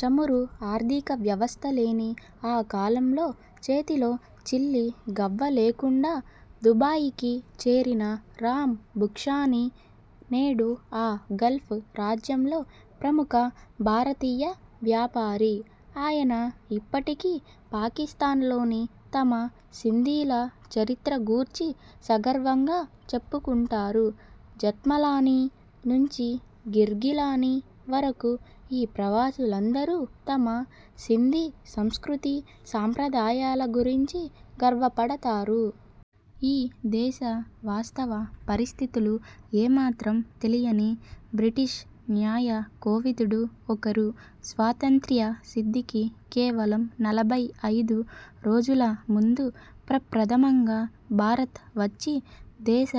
చమురు ఆర్థిక వ్యవస్థలేని ఆ కాలంలో చేతిలో చిల్లి గవ్వ లేకుండా దుబాయికి చేరిన రాం బుక్షానీ నేడు ఆ గల్ఫ్ రాజ్యంలో ప్రముఖ భారతీయ వ్యాపారి. ఆయన ఇప్పటికీ పాకిస్థాన్లోని తమ సింధీల చరిత్ర గూర్చి సగర్వంగా చెప్పుకుంటారు. జెత్మలానీ నుంచి గిర్గిలానీ వరకు ఈ ప్రవాసులందరూ తమ సింధీ సంస్కృతీ సంప్రదాయాల గురించి గర్వపడతారు. ఈ దేశ వాస్తవ పరిస్థితులు ఏమాత్రం తెలియని బ్రిటిష్ న్యాయకోవిదుడు ఒకరు స్వాతంత్ర్య సిద్ధికి కేవలం నలభై ఐదు రోజుల ముందు ప్రప్రథమంగా భారత్ వచ్చి దేశ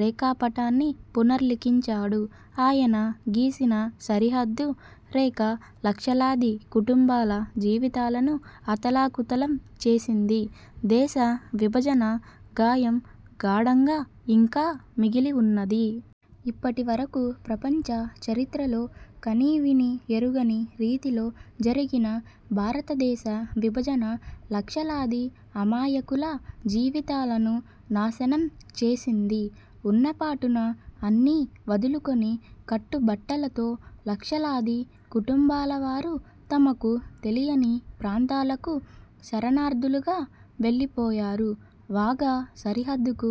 రేఖా పటాన్ని పునర్లిఖించాడు. ఆయన గీసిన సరిహద్దు రేఖ లక్షలాది కుటుంబాల జీవితాలను అతలాకుతలం చేసింది. దేశ విభజన గాయం గాఢంగా ఇంకా మిగిలి ఉన్నది. ఇప్పటి వరకు ప్రపంచ చరిత్రలో కనీవినీ ఎరుగని రీతిలో జరిగిన భారతదేశ విభజన లక్షలాది అమాయకుల జీవితాలను నాశనం చేసింది. ఉన్నపాటున అన్నీ వదులుకొని కట్టుబట్టలతో లక్షలాది కుటుంబాలవారు తమకు తెలియని ప్రాంతాలకు శరణార్థులుగా వెళ్ళిపోయారు. వాఘా సరిహద్దుకు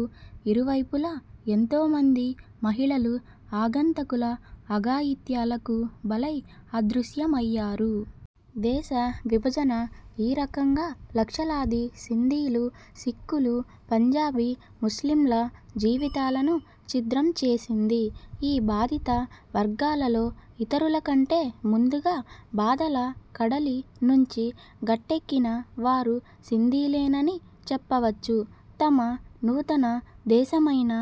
ఇరు వైపులా ఎంతో మంది మహిళలు ఆగంతకుల అఘాయిత్యాలకు బలై, అదృశ్యమయ్యారు. దేశ విభజన ఈ రకంగా లక్షలాది సింధీలు, సిక్కులు, పంజాబీ ముస్లింల జీవితాలను ఛిద్రం చేసింది. ఈ బాధిత వర్గాలలో ఇతరుల కంటే ముందుగా బాధల కడలి నుంచి గట్టెక్కిన వారు సింధీలేనని చెప్పవచ్చు. తమ నూతన దేశమైన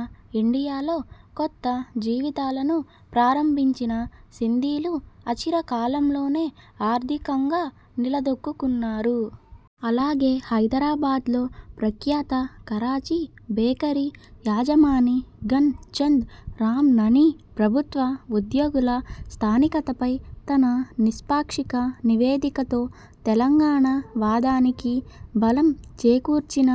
ఇండియాలో కొత్త జీవితాలను ప్రారంభించిన సింధీలు అచిరకాలంలోనే ఆర్థికంగా నిలదొక్కుకున్నారు. అలాగే హైదరాబాద్లో ప్రఖ్యాత కరాచీ బేకరీ యాజమాని ఘన్ చంద్ రాంననీ, ప్రభుత్వ ఉద్యోగుల స్థానికతపై తన నిష్పాక్షిక నివేదికతో తెలంగాణ వాదానికి బలం చేకూర్చిన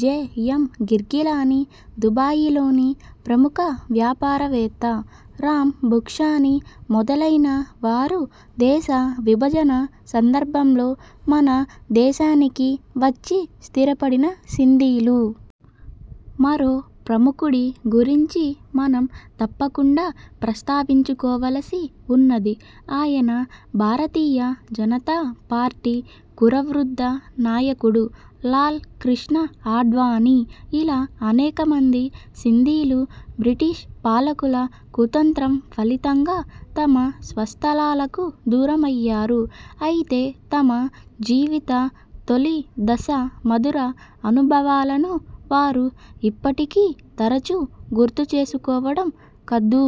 జె. యం. గిర్గిలానీ, దుబాయిలోని ప్రముఖ వ్యాపారవేత్త రాం బుక్షానీ మొదలైన వారు దేశ విభజన సందర్భంలో మన దేశానికి వచ్చి స్థిరపడిన సింధీలు. మరో ప్రముఖుడి గురించి మనం తప్పకుండా ప్రస్తావించుకోవలసి వున్నది. ఆయన, భారతీయ జనతా పార్టీ కురవృద్ధ నాయకుడు లాల్ కృష్ణ ఆడ్వాణీ. ఇలా అనేక మంది సింధీలు బ్రిటిష్ పాలకుల కుతంత్రం ఫలితంగా తమ స్వస్థలాలకు దూరమయ్యారు. అయితే తమ జీవిత తొలి దశ మధుర అనుభవాలను వారు ఇప్పటికీ తరచూ గుర్తుచేసుకోవడం కద్దు.